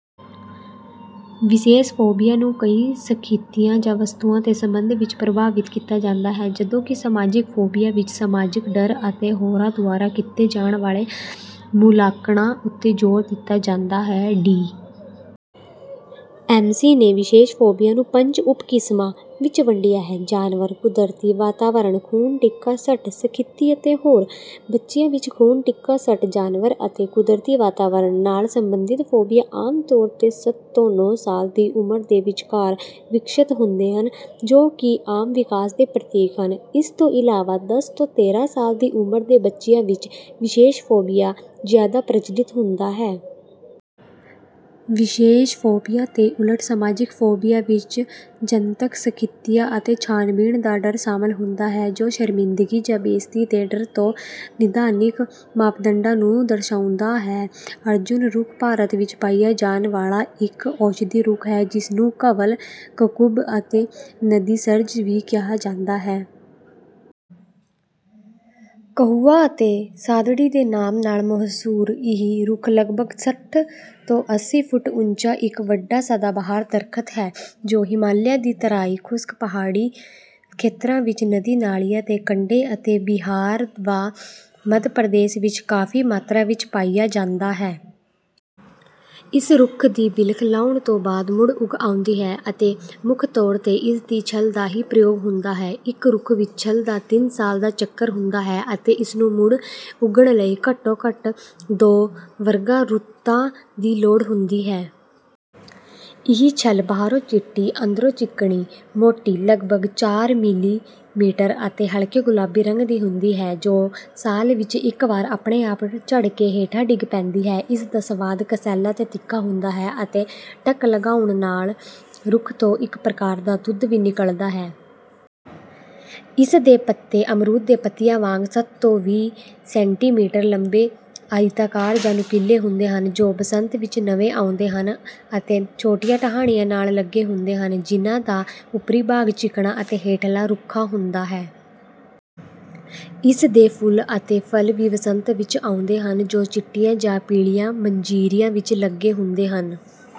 ਵਿਸ਼ੇਸ਼ ਫੋਬੀਆ ਨੂੰ ਕਈ ਸਥਿਤੀਆਂ ਜਾਂ ਵਸਤੂਆਂ ਦੇ ਸਬੰਧ ਵਿੱਚ ਪਰਿਭਾਸ਼ਿਤ ਕੀਤਾ ਜਾਂਦਾ ਹੈ, ਜਦੋਂ ਕਿ ਸਮਾਜਿਕ ਫੋਬੀਆ ਵਿੱਚ ਸਮਾਜਿਕ ਡਰ ਅਤੇ ਹੋਰਾਂ ਦੁਆਰਾ ਕੀਤੇ ਜਾਣ ਵਾਲੇ ਮੁਲਾਂਕਣਾਂ ਉੱਤੇ ਜ਼ੋਰ ਦਿੱਤਾ ਜਾਂਦਾ ਹੈ। ਡੀ ਐਮ ਸੀ ਨੇ ਵਿਸ਼ੇਸ਼ ਫੋਬੀਆ ਨੂੰ ਪੰਜ ਉਪ-ਕਿਸਮਾਂ ਵਿੱਚ ਵੰਡਿਆ ਹੈ: ਜਾਨਵਰ, ਕੁਦਰਤੀ ਵਾਤਾਵਰਣ, ਖੂਨ-ਟੀਕਾ-ਸੱਟ, ਸਥਿਤੀ ਅਤੇ ਹੋਰ। ਬੱਚਿਆਂ ਵਿੱਚ ਖੂਨ-ਟੀਕਾ-ਸੱਟ, ਜਾਨਵਰਾਂ ਅਤੇ ਕੁਦਰਤੀ ਵਾਤਾਵਰਣ ਨਾਲ ਸੰਬੰਧਿਤ ਫੋਬੀਆ ਆਮ ਤੌਰ 'ਤੇ ਸੱਤ ਤੋਂ ਨੌਂ ਸਾਲ ਦੀ ਉਮਰ ਦੇ ਵਿਚਕਾਰ ਵਿਕਸਤ ਹੁੰਦੇ ਹਨ, ਜੋ ਕਿ ਆਮ ਵਿਕਾਸ ਦੇ ਪ੍ਰਤੀਕ ਹਨ; ਇਸ ਤੋਂ ਇਲਾਵਾ, ਦਸ ਤੋਂ ਤੇਰਾਂ ਸਾਲ ਦੀ ਉਮਰ ਦੇ ਬੱਚਿਆਂ ਵਿੱਚ ਵਿਸ਼ੇਸ਼ ਫੋਬੀਆ ਜ਼ਿਆਦਾ ਪ੍ਰਚਲਿਤ ਹੁੰਦਾ ਹੈ। ਵਿਸ਼ੇਸ਼ ਫੋਬੀਆ ਦੇ ਉਲਟ, ਸਮਾਜਿਕ ਫੋਬੀਆ ਵਿੱਚ ਜਨਤਕ ਸਥਿਤੀਆਂ ਅਤੇ ਛਾਣਬੀਣ ਦਾ ਡਰ ਸ਼ਾਮਲ ਹੁੰਦਾ ਹੈ, ਜੋ ਸ਼ਰਮਿੰਦਗੀ ਜਾਂ ਬੇਇੱਜ਼ਤੀ ਦੇ ਡਰ ਦੇ ਨਿਦਾਨਿਕ ਮਾਪਦੰਡਾਂ ਨੂੰ ਦਰਸਾਉਂਦਾ ਹੈ। ਅਰਜੁਨ ਰੁੱਖ ਭਾਰਤ ਵਿੱਚ ਪਾਇਆ ਜਾਣ ਵਾਲਾ ਇੱਕ ਔਸ਼ਧੀ ਰੁੱਖ ਹੈ, ਜਿਸਨੂੰ ਘਵਲ, ਕਕੁਭ ਅਤੇ ਨਦੀਸਰਜ ਵੀ ਕਿਹਾ ਜਾਂਦਾ ਹੈ। ਕਹੁਆ ਅਤੇ ਸਾਦੜੀ ਦੇ ਨਾਮ ਨਾਲ ਮਸ਼ਹੂਰ ਇਹ ਰੁੱਖ ਲਗਭਗ ਸੱਠ ਤੋਂ ਅੱਸੀਂ ਫੁੱਟ ਉੱਚਾ ਇੱਕ ਵੱਡਾ ਸਦਾਬਹਾਰ ਦਰਖਤ ਹੈ, ਜੋ ਹਿਮਾਲਿਆ ਦੀ ਤਰਾਈ, ਖੁਸ਼ਕ ਪਹਾੜੀ ਖੇਤਰਾਂ ਵਿੱਚ ਨਦੀ-ਨਾਲਿਆਂ ਦੇ ਕੰਢੇ ਅਤੇ ਬਿਹਾਰ ਵਾ ਮੱਧ ਪ੍ਰਦੇਸ਼ ਵਿੱਚ ਕਾਫ਼ੀ ਮਾਤਰਾ ਵਿੱਚ ਪਾਇਆ ਜਾਂਦਾ ਹੈ। ਇਸ ਰੁੱਖ ਦੀ ਬਿਲਕ ਲਾਹੁਣ ਤੋਂ ਬਾਅਦ ਮੁੜ ਉੱਗ ਆਉਂਦੀ ਹੈ ਅਤੇ ਮੁੱਖ ਤੌਰ 'ਤੇ ਇਸ ਦੀ ਛੱਲ ਦਾ ਹੀ ਪ੍ਰਯੋਗ ਹੁੰਦਾ ਹੈ; ਇੱਕ ਰੁੱਖ ਵਿੱਚ ਛੱਲ ਦਾ ਤਿੰਨ ਸਾਲ ਦਾ ਚੱਕਰ ਹੁੰਦਾ ਹੈ ਅਤੇ ਇਸਨੂੰ ਮੁੜ ਉੱਗਣ ਲਈ ਘੱਟੋ-ਘੱਟ ਦੋ ਵਰਖਾ ਰੁੱਤਾਂ ਦੀ ਲੋੜ ਹੁੰਦੀ ਹੈ। ਇਹ ਛੱਲ ਬਾਹਰੋਂ ਚਿੱਟੀ, ਅੰਦਰੋਂ ਚਿਕਨੀ, ਮੋਟੀ ਲਗਭਗਚਾਰਮਿਲੀਮੀਟਰ ਅਤੇ ਹਲਕੇ ਗੁਲਾਬੀ ਰੰਗ ਦੀ ਹੁੰਦੀ ਹੈ, ਜੋ ਸਾਲ ਵਿੱਚ ਇੱਕ ਵਾਰ ਆਪਣੇ ਆਪ ਝੜ ਕੇ ਹੇਠਾਂ ਡਿੱਗ ਪੈਂਦੀ ਹੈ। ਇਸ ਦਾ ਸਵਾਦ ਕਸੈਲਾ ਤੇ ਤਿੱਖਾ ਹੁੰਦਾ ਹੈ ਅਤੇ ਟੱਕ ਲਗਾਉਣ ਨਾਲ ਰੁੱਖ ਤੋਂ ਇੱਕ ਪ੍ਰਕਾਰ ਦਾ ਦੁੱਧ ਨਿਕਲਦਾ ਹੈ। ਇਸ ਦੇ ਪੱਤੇ ਅਮਰੂਦ ਦੇ ਪੱਤਿਆਂ ਵਾਂਗ ਸੱਤ ਤੋਂ ਵੀਹ ਸੈਂਟੀਮੀਟਰ ਲੰਬੇ ਆਇਤਾਕਾਰ ਜਾਂ ਨੁਕੀਲੇ ਹੁੰਦੇ ਹਨ, ਜੋ ਬਸੰਤ ਵਿੱਚ ਨਵੇਂ ਆਉਂਦੇ ਹਨ ਅਤੇ ਛੋਟੀਆਂ ਟਾਹਣੀਆਂ ਨਾਲ ਲੱਗੇ ਹੁੰਦੇ ਹਨ; ਜਿਨ੍ਹਾਂ ਦਾ ਉੱਪਰੀ ਭਾਗ ਚਿਕਨਾ ਅਤੇ ਹੇਠਲਾ ਰੁੱਖਾ ਹੁੰਦਾ ਹੈ। ਇਸ ਦੇ ਫੁੱਲ ਅਤੇ ਫਲ ਵੀ ਬਸੰਤ ਵਿੱਚ ਆਉਂਦੇ ਹਨ, ਜੋ ਚਿੱਟੀਆਂ ਜਾਂ ਪੀਲੀਆਂ ਮੰਜਰੀਆਂ ਵਿੱਚ ਲੱਗੇ ਹੁੰਦੇ ਹਨ।